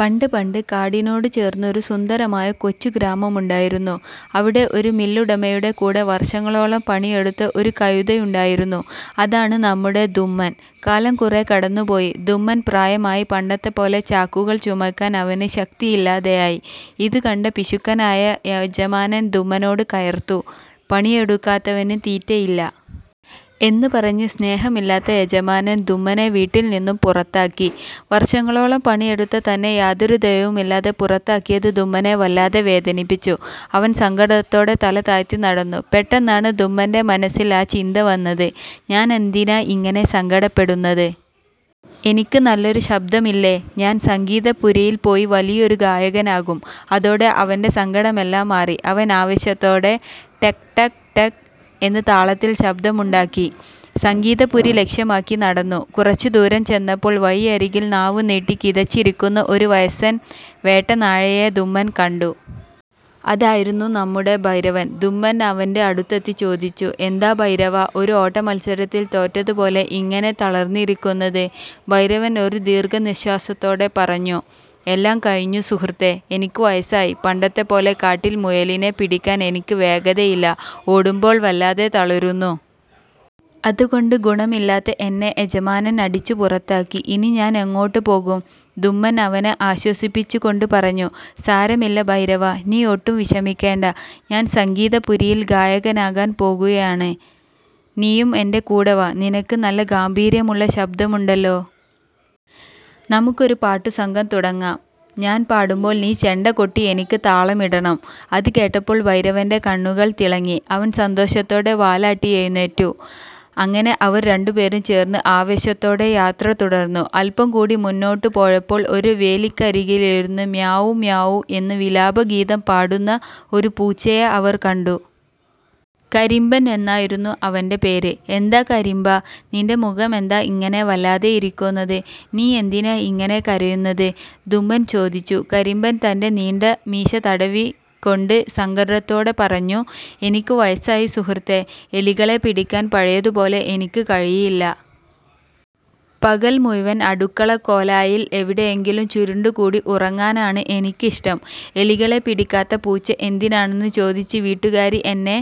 പണ്ട് പണ്ട്, കാടിനോട് ചേർന്നൊരു സുന്ദരമായ കൊച്ചു ഗ്രാമമുണ്ടായിരുന്നു. അവിടെ ഒരു മില്ലുടമയുടെ കൂടെ വർഷങ്ങളോളം പണിയെടുത്ത ഒരു കഴുതയുണ്ടായിരുന്നു. അതാണ് നമ്മുടെ ധുമ്മൻ. കാലം കുറേ കടന്നുപോയി, ധുമ്മന് പ്രായമായി. പണ്ടത്തെപ്പോലെ ചാക്കുകൾ ചുമക്കാൻ അവന് ശക്തിയില്ലാതായി. ഇതുകണ്ട പിശുക്കനായ യജമാനൻ ധുമ്മനോട് കയർത്തു "പണിയെടുക്കാത്തവന് തീറ്റയില്ല! " എന്ന് പറഞ്ഞു സ്നേഹമില്ലാത്ത യജമാനൻ ധുമ്മനെ വീട്ടിൽ നിന്നും പുറത്താക്കി. വർഷങ്ങളോളം പണിയെടുത്ത തന്നെ യാതൊരു ദയയുമില്ലാതെ പുറത്താക്കിയത് ധുമ്മനെ വല്ലാതെ വേദനിപ്പിച്ചു. അവൻ സങ്കടത്തോടെ തല താഴ്ത്തി നടന്നു. പെട്ടെന്നാണ് ധുമ്മന്റെ മനസ്സിൽ ആ ചിന്ത വന്നത്. "ഞാൻ എന്തിനാ ഇങ്ങനെ സങ്കടപ്പെടുന്നത്? എനിക്ക് നല്ലൊരു ശബ്ദമില്ലേ? ഞാൻ സംഗീതപുരിയിൽ പോയി വലിയൊരു ഗായകനാകും! " അതോടെ അവന്റെ സങ്കടമെല്ലാം മാറി. അവൻ ആവേശത്തോടെ 'ടക്-ടക്-ടക്' എന്ന് താളത്തിൽ ശബ്ദമുണ്ടാക്കി സംഗീതപുരി ലക്ഷ്യമാക്കി നടന്നു. കുറച്ചു ദൂരം ചെന്നപ്പോൾ വഴിയരികിൽ നാവുനീട്ടി കിതച്ചിരിക്കുന്ന ഒരു വയസ്സൻ വേട്ടനായയെ ധുമ്മൻ കണ്ടു. അതായിരുന്നു നമ്മുടെ ഭൈരവൻ. ധുമ്മൻ അവന്റെ അടുത്തെത്തി ചോദിച്ചു, "എന്താ ഭൈരവാ, ഒരു ഓട്ടമത്സരത്തിൽ തോറ്റതു പോലെ ഇങ്ങനെ തളർന്നിരിക്കുന്നത്? " ഭൈരവൻ ഒരു ദീർഘനിശ്വാസത്തോടെ പറഞ്ഞു, "എല്ലാം കഴിഞ്ഞു സുഹൃത്തേ! എനിക്ക് വയസ്സായി. പണ്ടത്തെപ്പോലെ കാട്ടിൽ മുയലിനെ പിടിക്കാൻ എനിക്ക് വേഗതയില്ല. ഓടുമ്പോൾ വല്ലാതെ തളരുന്നു. അതുകൊണ്ട് ഗുണമില്ലാത്ത എന്നെ യജമാനൻ അടിച്ചു പുറത്താക്കി. ഇനി ഞാൻ എങ്ങോട്ട് പോകും? " ധുമ്മൻ അവനെ ആശ്വസിപ്പിച്ചു കൊണ്ട് പറഞ്ഞു, "സാരമില്ല ഭൈരവാ, നീ ഒട്ടും വിഷമിക്കേണ്ട! ഞാൻ സംഗീതപുരിയിൽ ഗായകനാകാൻ പോകുകയാണ്. നീയും എന്റെ കൂടെ വാ. നിനക്ക് നല്ല ഗാംഭീര്യമുള്ള ശബ്ദമുണ്ടല്ലോ. നമുക്കൊരു പാട്ടുസംഘം തുടങ്ങാം. ഞാൻ പാടുമ്പോൾ നീ ചെണ്ട കൊട്ടി എനിക്ക് താളമിടണം. " അതുകേട്ടപ്പോൾ ഭൈരവന്റെ കണ്ണുകൾ തിളങ്ങി. അവൻ സന്തോഷത്തോടെ വാലാട്ടി എഴുന്നേറ്റു. അങ്ങനെ അവർ രണ്ടുപേരും ചേർന്ന് ആവേശത്തോടെ യാത്ര തുടർന്നു. അല്പം കൂടി മുന്നോട്ട് പോയപ്പോൾ ഒരു വേലിക്കരികിലിരുന്ന് 'മ്യാവൂ… മ്യാവൂ… ' എന്ന് വിലാപഗീതം പാടുന്ന ഒരു പൂച്ചയെ അവർ കണ്ടു. കരിമ്പൻ എന്നായിരുന്നു അവന്റെ പേര്. "എന്താ കരിമ്പാ, നിന്റെ മുഖമെന്താ ഇങ്ങനെ വല്ലാതെ ഇരിക്കുന്നത്? നീ എന്തിനാ ഇങ്ങനെ കരയുന്നത്? " ധുമ്മൻ ചോദിച്ചു. കരിമ്പൻ തന്റെ നീണ്ട മീശ ഒന്ന് തടവിക്കൊണ്ട് സങ്കടത്തോടെ പറഞ്ഞു: "എനിക്ക് വയസ്സായി സുഹൃത്തേ. എലികളെ പിടിക്കാൻ പഴയതുപോലെ എനിക്ക് കഴിയില്ല. പകൽ മുഴുവൻ അടുക്കളക്കോലായിൽ എവിടെയെങ്കിലും ചുരുണ്ടുകൂടി ഉറങ്ങാനാണ് എനിക്കിഷ്ടം. എലികളെ പിടിക്കാത്ത പൂച്ച എന്തിനാണെന്ന് ചോദിച്ച് വീട്ടുകാരി എന്നെ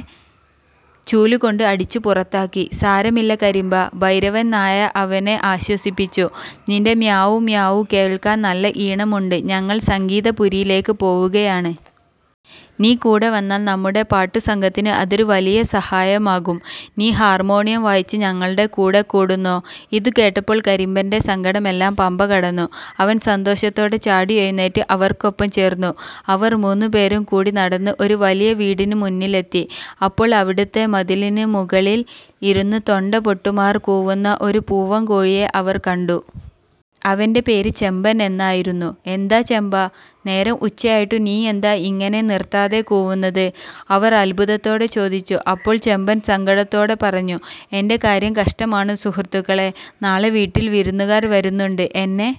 ചൂലുകൊണ്ട് അടിച്ചു പുറത്താക്കി. " "സാരമില്ല കരിമ്പാ," ഭൈരവൻ നായ അവനെ ആശ്വസിപ്പിച്ചു. "നിന്റെ മ്യാവൂ.. മ്യാവൂ.. കേൾക്കാൻ നല്ല ഈണമുണ്ട്. ഞങ്ങൾ സംഗീതപുരിയിലേക്ക് പോവുകയാണ്. നീ കൂടെ വന്നാൽ നമ്മുടെ പാട്ടുസംഘത്തിന് അതൊരു വലിയ സഹായമാകും. നീ ഹാർമോണിയം വായിച്ച് ഞങ്ങളെ കൂടെ കൂടുന്നോ? " ഇതുകേട്ടപ്പോൾ കരിമ്പന്റെ സങ്കടമെല്ലാം പമ്പകടന്നു! അവൻ സന്തോഷത്തോടെ ചാടിയെഴുന്നേറ്റ് അവർക്കൊപ്പം ചേർന്നു. അവർ മൂന്നുപേരും കൂടി നടന്ന് ഒരു വലിയ വീടിന് മുന്നിലെത്തി. അപ്പോൾ, അവിടുത്തെ മതിലിന് മുകളിൽ ഇരുന്ന് തൊണ്ട പൊട്ടുമാറ് കൂവുന്ന ഒരു പൂവൻകോഴിയെ അവർ കണ്ടു. അവന്റെ പേര് ചെമ്പൻ എന്നായിരുന്നു. "എന്താ ചെമ്പാ, നേരം ഉച്ചയായിട്ടും നീയെന്താ ഇങ്ങനെ നിർത്താതെ കൂവുന്നത്? " അവർ അത്ഭുതത്തോടെ ചോദിച്ചു. അപ്പോൾ ചെമ്പൻ സങ്കടത്തോടെ പറഞ്ഞു: "എന്റെ കാര്യം കഷ്ടമാണ് സുഹൃത്തുക്കളേ! നാളെ വീട്ടിൽ വിരുന്നുകാർ വരുന്നുണ്ട്. എന്നെ